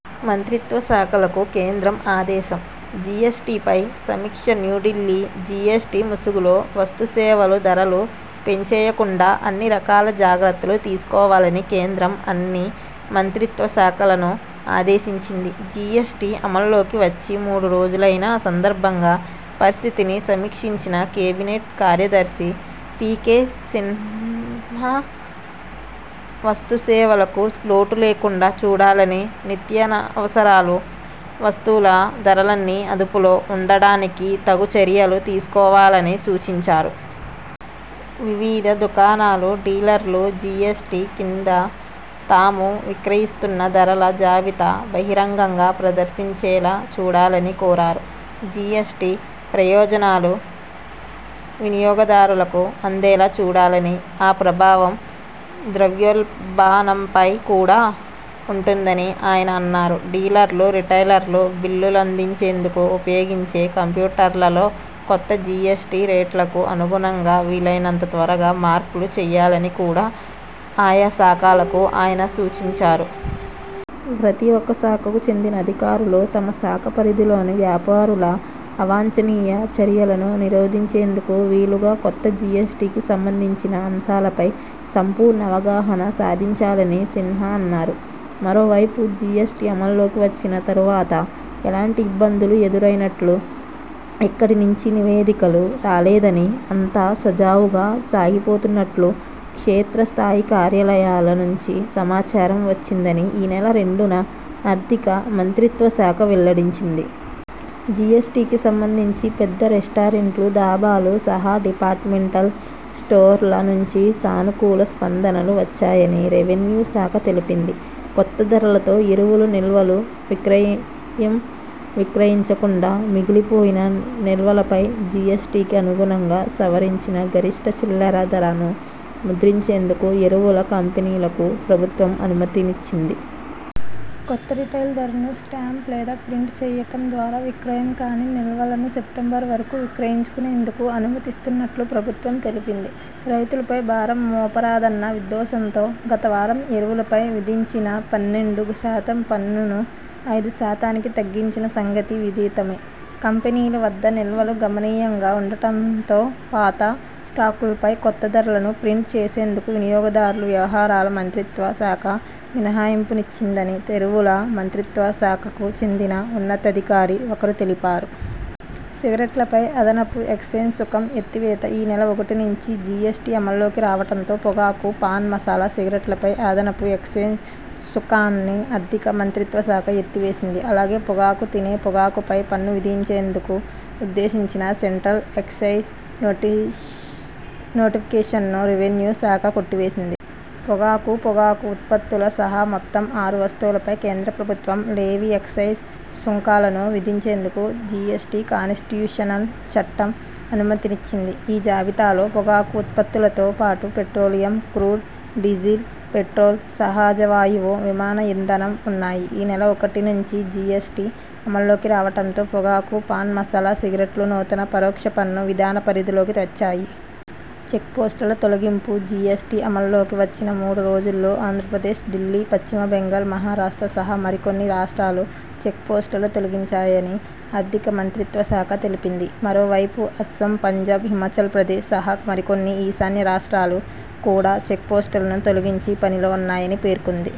మంత్రిత్వ శాఖలకు కేంద్రం ఆదేశం జిఎస్టిపై సమీక్షన్యూఢిల్లీ జిఎస్టి ముసుగులో వస్తుసేవల ధరలు పెంచేయకుండా అన్ని రకాల జాగ్రత్తలు తీసుకోవాలని కేంద్రం అన్ని మంత్రిత్వ శాఖలను ఆదేశించింది. జిఎస్టి అమల్లోకి వచ్చి మూడు రోజులైన సందర్భంగా పరిస్థితిని సమీక్షించిన కేబినెట్ కార్యదర్శి పికె సిన్హా వస్తుసేవలకు లోటు లేకుండా చూడాలని, నిత్యావసర వస్తువుల ధరలన్నీ అదుపులో ఉండడానికి తగు చర్యలు తీసుకోవాలని సూచించారు. వివిధ దుకాణాలు, డీలర్లు జిఎ్సటి కింద తాము విక్రయిస్తున్న ధరల జాబితా బహిరంగంగా ప్రదర్శించేలా చూడాలని కోరారు. జిఎ్సటి ప్రయోజనాలు వినియోగదారులకు అందేలా చూడాలని, ఆ ప్రభావం ద్రవ్యోల్బణంపై కూడా ఉంటుందని ఆయన అన్నారు. డీలర్లు, రిటైలర్లు బిల్లులందించేందుకు ఉపయోగించే కంప్యూటర్లలో కొత్త జిఎస్టి రేట్లకు అనుగుణంగా వీలైనంత త్వరగా మార్పులు చేయాలని కూడా ఆయాశాఖలకు ఆయన సూచించారు. ప్రతి ఒక్క శాఖకు చెందిన అధికారులు తమ శాఖ పరిధిలోని వ్యాపారుల అవాంఛనీయ చర్యలను నిరోధించేందుకు వీలుగా కొత్త జిఎస్టికి సంబంధించిన అంశాలపై సంపూర్ణ అవగాహన సాధించాలని సిన్హా అన్నారు. మరోవైపు జిఎ్సటి అమల్లోకి వచ్చిన తర్వాత ఎలాంటి ఇబ్బందులు ఎదురైనట్లు ఎక్కడి నుంచి నివేదికలు రాలేదని, అంతా సజావుగా సాగిపోతున్నట్లు క్షేత్ర స్థాయి కార్యాలయాల నుంచి సమాచారం వచ్చిందని ఈ నెల రెండున ఆర్థిక మంత్రిత్వ శాఖ వెల్లడించింది. జిఎ్సటికి సంబంధించి పెద్ద రెస్టారెంట్లు, దాబాలు సహా డిపార్ట్మెంటల్ స్టోర్ల నుంచి సానుకూల స్పందనలు వచ్చాయని రెవెన్యూ శాఖ తెలిపింది. కొత్త ధరలతో ఎరువుల నిల్వలు విక్రయంవిక్రయించకుండా మిగిలిపోయిన నిల్వలపై జిఎ్సటికి అనుగుణంగా సవరించిన గరిష్ఠ చిల్లర ధర ను ముద్రించేందుకు ఎరువుల కంపెనీలకు ప్రభుత్వం అనుమతినిచ్చింది. కొత్త రిటైల్ ధరను స్టాంప్ లేదా ప్రింట్ చేయటం ద్వారా విక్రయం కాని నిల్వలను సెప్టెంబరు వరకు విక్రయించుకునేందుకు అనుమతిస్తున్నట్లు ప్రభుత్వం తెలిపింది. రైతులపై భారం మోపరాదన్న ఉద్దేశంతో గతవారం ఎరువులపై విధించిన పన్నెండు శాతం పన్నును ఐదు శాతానికి తగ్గించిన సంగతి విదితమే. కంపెనీల వద్ద నిల్వలు గణనీయంగా ఉండటంతో పాత స్టాకులపై కొత్త ధరలను ప్రింట్ చేసేందుకు వినియోగదారుల వ్యవహారాల మంత్రిత్వ శాఖ మినహాయింపునిచ్చిందని ఎరువుల మంత్రిత్వ శాఖకు చెందిన ఉన్నతాధికారి ఒకరు తెలిపారు. సిగరెట్లపై అదనపు ఎక్సైజ్ సుంకం ఎత్తివేత ఈ నెల ఒకటి నుంచి జిఎస్టి అమల్లోకి రావటంతో పొగాకు, పాన్ మసాలా, సిగరెట్లపై అదనపు ఎక్సైజ్ సుంకాన్ని ఆర్థిక మంత్రిత్వ శాఖ ఎత్తివేసింది. అలాగే పొగాకు, తినే పొగాకుపై పన్ను విధించేందుకు ఉద్దేశించిన సెంట్రల్ ఎక్సైజ్ నోటిఫికేషన్ను రెవెన్యూ శాఖ కొట్టివేసింది. పొగాకు, పొగాకు ఉత్పత్తులు సహా మొత్తం ఆరు వస్తువులపై కేంద్ర ప్రభుత్వం లెవీ ఎక్సైజ్ సుంకాలను విధించేందుకు జిఎ్సటి కానిస్టిట్యూషనల్ చట్టం అనుమతినిచ్చింది. ఈ జాబితాలో పొగాకు ఉత్పత్తులతో పాటు పెట్రోలియం క్రూడ్, డీజిల్, పెట్రోల్, సహజవాయువు, విమాన ఇంధనం ఉన్నాయి. ఈ నెల ఒకటి నుంచి జిఎ్సటి అమల్లోకి రావటంతో పొగాకు, పాన్ మసాలా, సిగరెట్లు నూతన పరోక్ష పన్ను విధాన పరిధిలోకి వచ్చాయి. చెక్పోస్టుల తొలగింపు జిఎ్సటి అమల్లోకి వచ్చిన మూడు రోజుల్లో ఆంధ్రప్రదేశ్, ఢిల్లీ, పశ్చిమ బెంగాల్, మహారాష్ట్ర సహా మరికొన్ని రాష్ట్రాలు చెక్పోస్టులు తొలగించాయని ఆర్థిక మంత్రిత్వ శాఖ తెలిపింది. మరోవైపు అస్సోం, పంజాబ్, హిమాచల్ ప్రదేశ్ సహా మరికొన్ని ఈశాన్య రాష్ట్రాలు కూడా చెక్పోస్టులను తొలగించే పనిలో ఉన్నాయని పేర్కొంది.